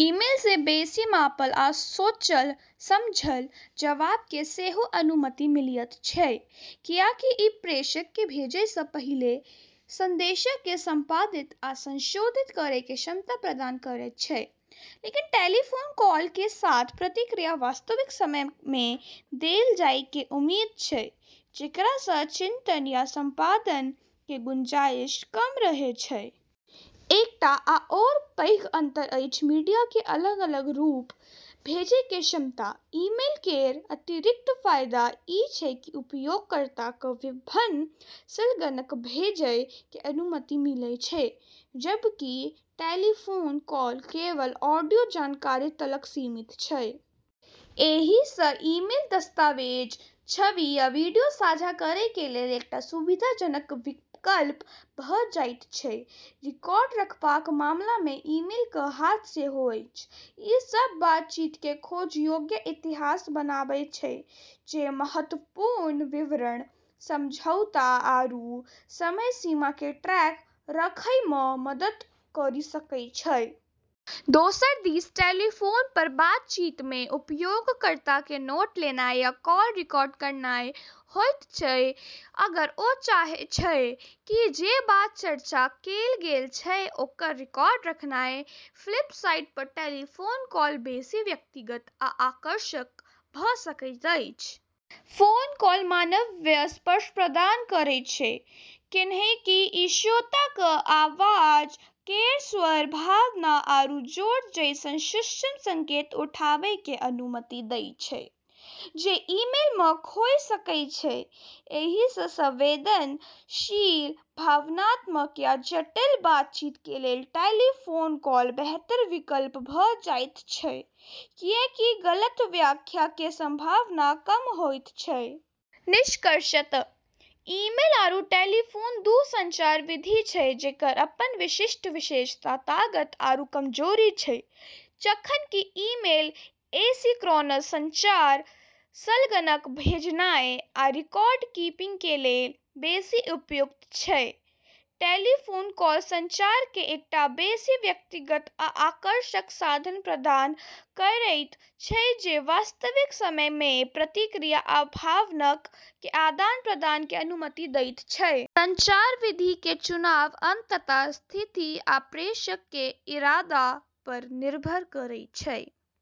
Email सं बेसि मापल आ सोचल-समझल जवाब कें सेहो अनुमति मिलयत छै, कियाकि इ प्रेषक कें भेजय सं पहिले संदेशक कें संपादित आ संशोधित करय कें क्षमता प्रदान करयत छै. लेकिन टेलीफोन कॉल के साथ प्रतिक्रिया वास्तविक समय में देलऽ जाय के उम्मीद छै, जेकरा स॑ चिंतन या संपादन के गुंजाइश कम रहै छै। एकटा आओर पैघ अंतर अछि मीडिया के अलग-अलग रूप भेजय के क्षमता. ईमेल केरऽ अतिरिक्त फायदा ई छै कि उपयोगकर्ता क॑ विभिन्न संलग्नक भेजै के अनुमति मिलै छै, जबकि टेलीफोन कॉल केवल ऑडियो जानकारी तलक सीमित छै। एहि सं ईमेल दस्तावेज, छवि, या वीडियो साझा करय कें लेल एकटा सुविधाजनक विकल्प भ जायत छै. रिकॉर्ड रखबाक मामला मे ईमेल क हाथ सेहो अछि। ई सब बातचीत के खोज योग्य इतिहास बनाबै छै, जे महत्वपूर्ण विवरण, समझौता आरू समय सीमा के ट्रैक रखै म॑ मदद करी सकै छै। दोसर दिस टेलीफोन पर बातचीत मे उपयोगकर्ता कें नोट लेनाय या कॉल रिकॉर्ड करनाय होयत छै अगर ओ चाहय छै कि जे बात चर्चा कैल गेल छै ओकर रिकॉर्ड रखनाय. फ्लिप साइड पर टेलीफोन कॉल बेसी व्यक्तिगत आ आकर्षक भ सकैत अछि। फोन कॉल मानवीय स्पर्श प्रदान करै छै, कैन्हेंकि ई श्रोता क॑ आवाज केरऽ स्वर, भावना, आरू जोर जैसनऽ सूक्ष्म संकेत उठाबै के अनुमति दै छै, जे ईमेल म॑ खोय सकै छै। एहि सं संवेदनशील, भावनात्मक या जटिल बातचीत कें लेल टेलीफोन कॉल बेहतर विकल्प भ जायत छै, कियाकि गलत व्याख्या कें संभावना कम होयत छै. निष्कर्षतः ईमेल आरू टेलीफोन दू संचार विधि छै जेकरऽ अपनऽ विशिष्ट विशेषता, ताकत आरू कमजोरी छै। जखन कि ईमेल एसिंक्रोनस संचार, संलग्नक भेजनाय, आ रिकॉर्ड-कीपिंग कें लेल बेसि उपयुक्त छै; टेलीफोन कॉल संचार कें एकटा बेसि व्यक्तिगत आ आकर्षक साधन प्रदान करएयत छै जे वास्तविक समय मे प्रतिक्रिया आ भावनाक कें आदान-प्रदान कें अनुमति देयत छै. संचार विधि कें चुनाव अंततः स्थिति आ प्रेषक कें इरादा पर निर्भर करय छै.